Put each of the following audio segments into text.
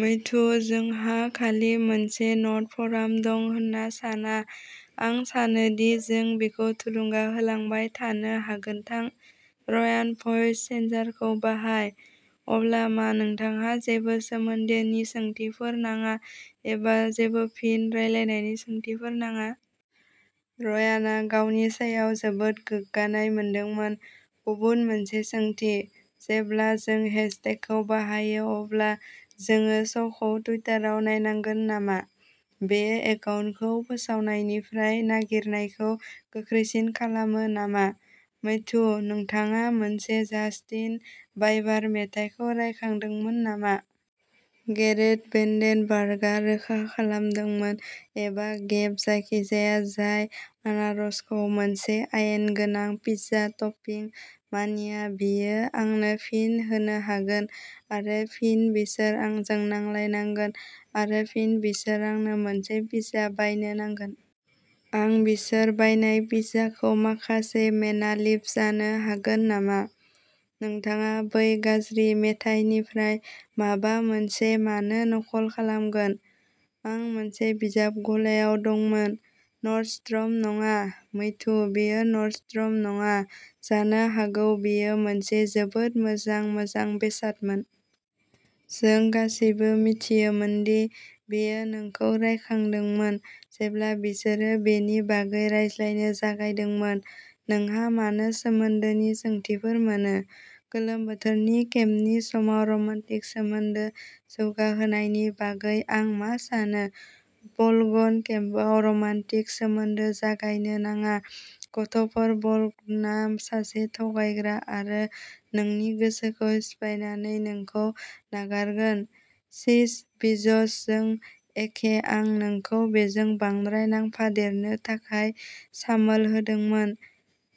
Matthew जोंहा खालि मोनसे नट फराम दं होन्ना सान्ना, आं सानो दि जों बिखौ थुलुंगा होलांबाय थानो हागोन थां, रयान भ'इस चेन्जारखौ बाहाय। अब्ला मा नोंथांहा जेबो सोमोन्दोनि सोंथिफोर नाङा एबा जेबो फिन रायलायनायनि सोंथिफोर नाङा? रयानआ गावनि सायाव जोबोद गोग्गानाय मोनदोंमोन। गुबुन मोनसे सोंथि। जेब्ला जों हेशटेगखौ बाहायो अब्ला जोङो स'खौ टुइटाराव नायनांगोन नामा? बेयो एकाउन्टखौ फोसावनायनिफ्राय नागिरनायखौ गोख्रैसिन खालामो नामा? मैथ्यू नोंथाङा मोनसे जास्टिन बाइबार मेथाइखौ रायखांदोंमोन नामा? गेरेट वेन्डेनबार्गआ रोखा खालामदोंमोन एबा गेब जायखिजाया जाय आनारसखौ मोनसे आयेन गोनां पिज्जा टपिं मानिया बियो आंनो फिन होनो हागोन आरो फिन बिसोर आंजों नांलायनांगोन आरो फिन बिसोर आंनो मोनसे पिज्जा बायनो नांगोन। आं बिसोर बायनाय पिज्जाखौ माखासे मेनालिभ जानो हागोन नामा? नोंथाङा बै गाज्रि मेथाइनिफ्राय माबा मोनसे मानो नखल खालामगोन? "आं मोनसे बिजाब गलायाव दंमोन नर्डस्ट्रम" नङा, मैथ्यू, बेयो नर्डस्ट्रम नङामोन। जानो हागौ बेयो मोनसे जोबोद मोजां मोजां बेसादमोन। जों गासिबो मिथियोमोन दि बेयो नोंखौ रायखांदोंमोन जेब्ला बिसोरो बेनि बागै रायज्लायनो जागायदोंमोन। नोंहा मानो सोमोन्दोनि सोंथिफोर मोनो? गोलोम बोथोरनि केम्पनि समाव रमान्टिक सोमोन्दो जौगाहोनायनि बागै आं मा सानो? बल'गन केम्पआव रमान्टिक सोमोन्दो जागायनो नाङा, गथ'फोर बल'गना सासे थगायग्रा आरो नोंनि गोसोखौ सिफायनानै नोंखौ नागारगोन चिज विजजजों एखे आं नोंखौ बेजों बांद्राय नांफादेरनो थाखाय सामोल होदोंमोन,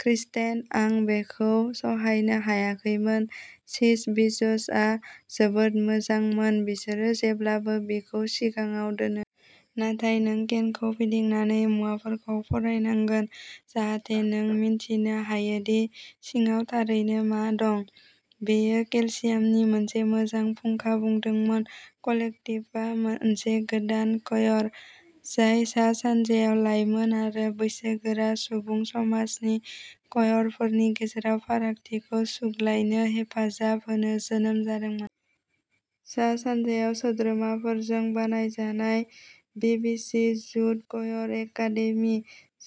क्रिस्टेन आं बेखौ सहायनो हायाखैमोन चिज विजआ जोबोद मोजांमोन बिसोरो जेब्लाबो बेखौ सिगाङाव दोनो। नाथाय नों केनखौ फिदिंनानै मुवाफोरखौ फरायनांगोन जाहाथे नों मिन्थिनो हायो दि सिङाव थारैनो मा दं! बेयो केलसियामनि मोनसे मोजां फुंखा बुंदोंमोन कलेक्टिभआ मोनसे गोदान क'यर, जाय सा-सानजायाव लाइमोन आरो बैसोगोरा सुबुं समाजनि क'यरफोरनि गेजेराव फारागथिखौ सुग्लायनो हेफाजाब होनो जोनोम जादोंमोन। सा-सानजायाव सोद्रोमाफोरजों बानायजानाय। बिबिसि युथ क'यर एकादेमि,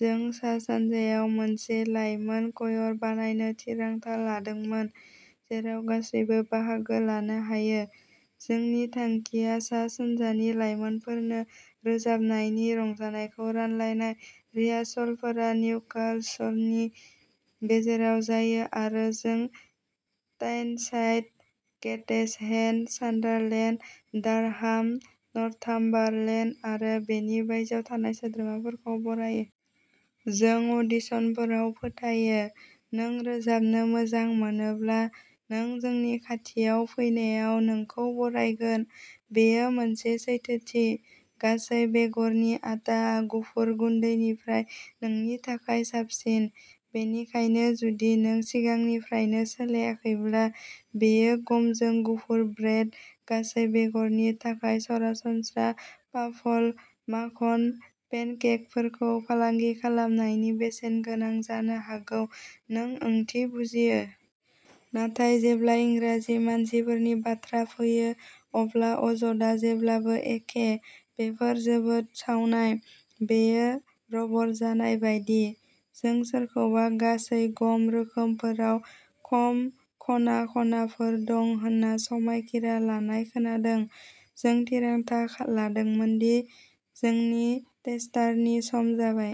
जों सा-सानजायाव मोनसे लाइमोन क'यर बानायनो थिरांथा लादोंमोन, जेराव गासैबो बाहागो लानो हायो। जोंनि थांखिया सा-सानजानि लाइमोनफोरनो रोजाबनायनि रंजानायखौ रानलायनाय। रिहार्सलफोरा निउकासलनि गेजेराव जायो आरो जों Tyneside, Gateshead, Sunderland, Durham, Northumberland आरो बेनि बायजोआव थानाय सोद्रोमाफोरखौ बरायो। जों अडिशनफोराव फोथायो, नों रोजाबनो मोजां मोनोब्ला, नों जोंनि खाथियाव फैनायाव नोंखौ बरायगोन। बेयो मोनसे सैथोथि। गासै बेगरनि आटाआ गुफुर गुन्दैनिख्रुइ नोंनि थाखाय साबसिन। बेनिखायनो जुदि नों सिगांनिफ्रायनो सोलायाखैब्ला, बेयो गमजों गुफुर ब्रेड, गासै-बेगरनि थाखाय सरासनस्रा वाफल, माखन पेनकेकफोरखौ फालांगि खालामनायनि बेसेनगोनां जानो हागौ नों ओंथि बुजियो। नाथाय जेब्ला इंराजि माफिनफोरनि बाथ्रा फैयो, अब्ला अजदआ जेब्लाबो एखे "बेफोर जोबोद सावनाय!" "बेयो रबर जानाय बायदि।" जों सोरखौबा गासै गम रोखोमफोराव खम खना-खनाफोर दं होनना समायखिरा लानाय खोनादों। जों थिरांथा लादोंमोन दि जोंनि टेस्टारनि सम जाबाय।